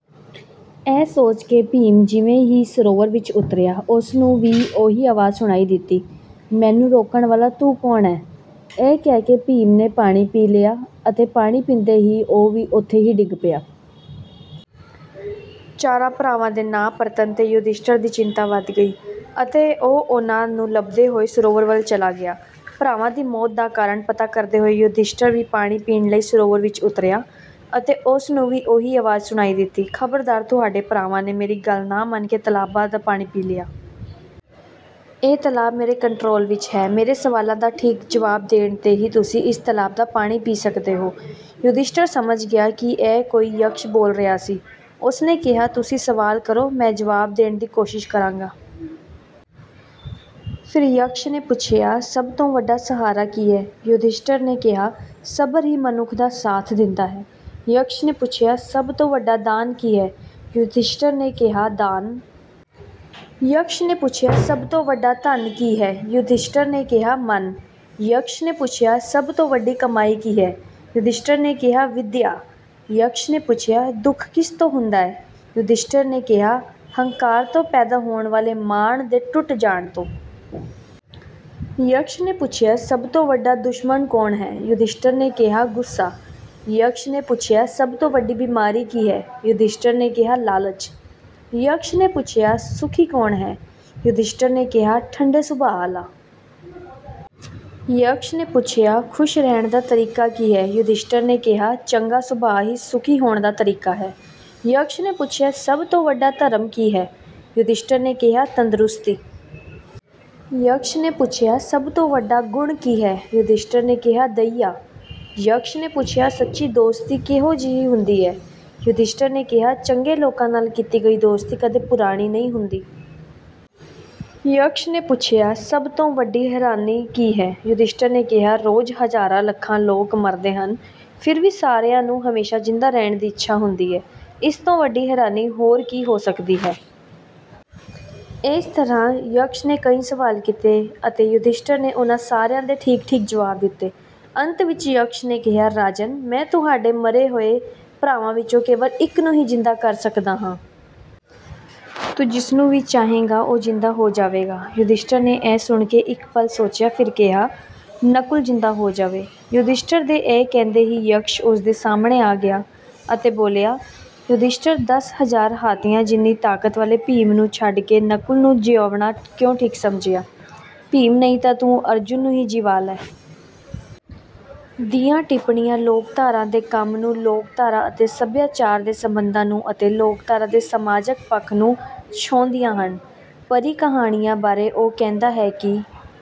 ਇਹ ਸੋਚ ਕੇ ਭੀਮ ਜਿਵੇਂ ਹੀ ਸਰੋਵਰ ਵਿੱਚ ਉਤਰਿਆ ਉਸ ਨੂੰ ਵੀ ਉਹੀ ਆਵਾਜ਼ ਸੁਣਾਈ ਦਿੱਤੀ "ਮੈਨੂੰ ਰੋਕਣ ਵਾਲਾ ਤੂੰ ਕੌਣ ਹੈ" ਇਹ ਕਹਿ ਕੇ ਭੀਮ ਨੇ ਪਾਣੀ ਪੀ ਲਿਆ ਅਤੇ ਪਾਣੀ ਪੀਂਦੇ ਹੀ ਉਹ ਵੀ ਉੱਥੇ ਹੀ ਡਿੱਗ ਪਿਆ। ਚਾਰਾਂ ਭਰਾਵਾਂ ਦੇ ਨਾ ਪਰਤਣ ਤੇ ਯੁਧਿਸ਼ਠਰ ਦੀ ਚਿੰਤਾ ਵਧ ਗਈ ਅਤੇ ਉਹ ਉਨ੍ਹਾਂ ਨੂੰ ਲੱਭਦੇ ਹੋਏ ਸਰੋਵਰ ਵੱਲ ਚਲਾ ਗਿਆ। ਭਰਾਵਾਂ ਦੀ ਮੌਤ ਦਾ ਕਾਰਨ ਪਤਾ ਕਰਦੇ ਹੋਏ ਯੁਧਿਸ਼ਠਰ ਵੀ ਪਾਣੀ ਪੀਣ ਲਈ ਸਰੋਵਰ ਵਿੱਚ ਉਤਰਿਆ ਅਤੇ ਉਸ ਨੂੰ ਵੀ ਉਹੀ ਆਵਾਜ਼ ਸੁਣਾਈ ਦਿੱਤੀ "ਖਬਰਦਾਰ ਤੁਹਾਡੇ ਭਰਾਵਾਂ ਨੇ ਮੇਰੀ ਗੱਲ ਨਾ ਮੰਨ ਕੇ ਤਾਲਾਬ ਦਾ ਪਾਣੀ ਪੀ ਲਿਆ। ਇਹ ਤਾਲਾਬ ਮੇਰੇ ਕੰਟਰੋਲ ਵਿੱਚ ਹੈ। ਮੇਰੇ ਸਵਾਲਾਂ ਦਾ ਠੀਕ ਜਵਾਬ ਦੇਣ ਤੇ ਹੀ ਤੁਸੀਂ ਇਸ ਤਾਲਾਬ ਦਾ ਪਾਣੀ ਪੀ ਸਕਦੇ ਹੋ" ਯੁਧਿਸ਼ਠਰ ਸਮਝ ਗਿਆ ਕਿ ਇਹ ਕੋਈ ਯਕਸ਼ ਬੋਲ ਰਿਹਾ ਸੀ। ਉਸ ਨੇ ਕਿਹਾ "ਤੁਸੀਂ ਸਵਾਲ ਕਰੋ ਮੈਂ ਜਵਾਬ ਦੇਣ ਦੀ ਕੋਸ਼ਿਸ਼ ਕਰਾਂਗਾ"। ਫਿਰ ਯਕਸ਼ ਨੇ ਪੁੱਛਿਆ ਸਭ ਤੋਂ ਵੱਡਾ ਸਹਾਰਾ ਕੀ ਹੈ ਯੁਧਿਸ਼ਠਰ ਨੇ ਕਿਹਾ ਸਬਰ ਹੀ ਮਨੁੱਖ ਦਾ ਸਾਥ ਦਿੰਦਾ ਹੈ। ਯਕਸ਼ ਨੇ ਪੁੱਛਿਆ ਸਭ ਤੋਂ ਵੱਡਾ ਦਾਨ ਕੀ ਹੈ ਯੁਧਿਸ਼ਠਰ ਨੇ ਕਿਹਾ ਦਾਨ। ਯਕਸ਼ ਨੇ ਪੁੱਛਿਆ ਸਭ ਤੋਂ ਵੱਡਾ ਧਨ ਕੀ ਹੈ ਯੁਧਿਸ਼ਠਰ ਨੇ ਕਿਹਾ ਮਨ। ਯਕਸ਼ ਨੇ ਪੁੱਛਿਆ ਸਭ ਤੋਂ ਵੱਡੀ ਕਮਾਈ ਕੀ ਹੈ ਯੁਧਿਸ਼ਠਰ ਨੇ ਕਿਹਾ ਵਿਦਿਆ। ਯਕਸ਼ ਨੇ ਪੁੱਛਿਆ ਦੁੱਖ ਕਿਸ ਤੋਂ ਹੁੰਦਾ ਹੈ ਯੁਧਿਸ਼ਠਰ ਨੇ ਕਿਹਾ ਹੰਕਾਰ ਤੋਂ ਪੈਦਾ ਹੋਣ ਵਾਲੇ ਮਾਣ ਦੇ ਟੁੱਟ ਜਾਣ ਤੋਂ। ਯਕਸ਼ ਨੇ ਪੁੱਛਿਆ ਸਭ ਤੋਂ ਵੱਡਾ ਦੁਸ਼ਮਣ ਕੌਣ ਹੈ ਯੁਧਿਸ਼ਠਰ ਨੇ ਕਿਹਾ ਗੁੱਸਾ। ਯਕਸ਼ ਨੇ ਪੁੱਛਿਆ ਸਭ ਤੋਂ ਵੱਡੀ ਬਿਮਾਰੀ ਕੀ ਹੈ ਯੁਧਿਸ਼ਠਰ ਨੇ ਕਿਹਾ ਲਾਲਚ। ਯਕਸ਼ ਨੇ ਪੁੱਛਿਆ ਸੁਖੀ ਕੌਣ ਹੈ ਯੁਧਿਸ਼ਠਰ ਨੇ ਕਿਹਾ ਠੰਡੇ ਸੁਭਾਅ ਵਾਲਾ। ਯਕਸ਼ ਨੇ ਪੁੱਛਿਆ ਖੁਸ਼ ਰਹਿਣ ਦਾ ਤਰੀਕਾ ਕੀ ਹੈ ਯੁਧਿਸ਼ਠਰ ਨੇ ਕਿਹਾ ਚੰਗਾ ਸੁਭਾਅ ਹੀ ਸੁਖੀ ਹੋਣ ਦਾ ਤਰੀਕਾ ਹੈ। ਯਕਸ਼ ਨੇ ਪੁੱਛਿਆ ਸਭ ਤੋਂ ਵੱਡਾ ਧਰਮ ਕੀ ਹੈ ਯੁਧਿਸ਼ਠਰ ਨੇ ਕਿਹਾ ਤੰਦਰੁਸਤੀ। ਯਕਸ਼ ਨੇ ਪੁੱਛਿਆ ਸਭ ਤੋਂ ਵੱਡਾ ਗੁਣ ਕੀ ਹੈ ਯੁਧਿਸ਼ਠਰ ਨੇ ਕਿਹਾ ਦਇਆ। ਯਕਸ਼ ਨੇ ਪੁੱਛਿਆ ਸੱਚੀ ਦੋਸਤੀ ਕਿਹੋ ਜਿਹੀ ਹੁੰਦੀ ਹੈ ਯੁਧਿਸ਼ਠਰ ਨੇ ਕਿਹਾ ਚੰਗੇ ਲੋਕਾਂ ਨਾਲ ਕੀਤੀ ਗਈ ਦੋਸਤੀ ਕਦੇ ਪੁਰਾਣੀ ਨਹੀਂ ਹੁੰਦੀ। ਯਕਸ਼ ਨੇ ਪੁੱਛਿਆ ਸਭ ਤੋਂ ਵੱਡੀ ਹੈਰਾਨੀ ਕੀ ਹੈ ਯੁਧਿਸ਼ਠਰ ਨੇ ਕਿਹਾ ਰੋਜ਼ ਹਜ਼ਾਰਾਂ ਲੱਖਾਂ ਲੋਕ ਮਰਦੇ ਹਨ ਫਿਰ ਵੀ ਸਾਰਿਆਂ ਨੂੰ ਹਮੇਸ਼ਾ ਜਿੰਦਾ ਰਹਿਣ ਦੀ ਇੱਛਾ ਹੁੰਦੀ ਹੈ। ਇਸ ਤੋਂ ਵੱਡੀ ਹੈਰਾਨੀ ਹੋਰ ਕੀ ਹੋ ਸਕਦੀ ਹੈ। ਇਸ ਤਰ੍ਹਾਂ ਯਕਸ਼ ਨੇ ਕਈ ਸਵਾਲ ਕੀਤੇ ਅਤੇ ਯੁਧਿਸ਼ਠਰ ਨੇ ਉਨ੍ਹਾਂ ਸਾਰਿਆਂ ਦੇ ਠੀਕ ਠੀਕ ਜਵਾਬ ਦਿੱਤੇ। ਅੰਤ ਵਿੱਚ ਯਕਸ਼ ਨੇ ਕਿਹਾ "ਰਾਜਨ ਮੈਂ ਤੁਹਾਡੇ ਮਰੇ ਹੋਏ ਭਰਾਵਾਂ ਵਿੱਚੋਂ ਕੇਵਲ ਇੱਕ ਨੂੰ ਹੀ ਜਿੰਦਾ ਕਰ ਸਕਦਾ ਹਾਂ। ਤੂੰ ਜਿਸਨੂੰ ਵੀ ਚਾਹੇਂਗਾ ਉਹ ਜਿੰਦਾ ਹੋ ਜਾਵੇਗਾ"। ਯੁਧਿਸ਼ਠਰ ਨੇ ਇਹ ਸੁਣ ਕੇ ਇੱਕ ਪਲ ਸੋਚਿਆ ਫਿਰ ਕਿਹਾ "ਨਕੁਲ ਜਿੰਦਾ ਹੋ ਜਾਵੇ"। ਯੁਧਿਸ਼ਠਰ ਦੇ ਇਹ ਕਹਿੰਦੇ ਹੀ ਯਕਸ਼ ਉਸ ਦੇ ਸਾਹਮਣੇ ਆ ਗਿਆ ਅਤੇ ਬੋਲਿਆ "ਯੁਧਿਸ਼ਠਰ ਦਸ ਹਜ਼ਾਰ ਹਾਥੀਆਂ ਜਿੰਨੀ ਤਾਕਤ ਵਾਲੇ ਭੀਮ ਨੂੰ ਛੱਡ ਕੇ ਤੂੰ ਨਕੁਲ ਨੂੰ ਜਿਵਾਉਣਾ ਕਿਉਂ ਠੀਕ ਸਮਝਿਆ ਭੀਮ ਨਹੀਂ ਤਾਂ ਤੂੰ ਅਰਜੁਨ ਨੂੰ ਹੀ ਜਿਵਾ ਲੈ"। ਦੀਆਂ ਟਿੱਪਣੀਆਂ ਲੋਕਧਾਰਾ ਦੇ ਕੰਮ ਨੂੰ ਲੋਕਧਾਰਾ ਅਤੇ ਸਭਿਆਚਾਰ ਦੇ ਸਬੰਧਾਂ ਨੂੰ ਅਤੇ ਲੋਕਧਾਰਾ ਦੇ ਸਮਾਜਿਕ ਪੱਖ ਨੂੰ ਛੋਂਹਦੀਆਂ ਹਨ। "ਪਰੀ ਕਹਾਣੀਆਂ" ਬਾਰੇ ਉਹ ਕਹਿੰਦਾ ਹੈ ਕਿ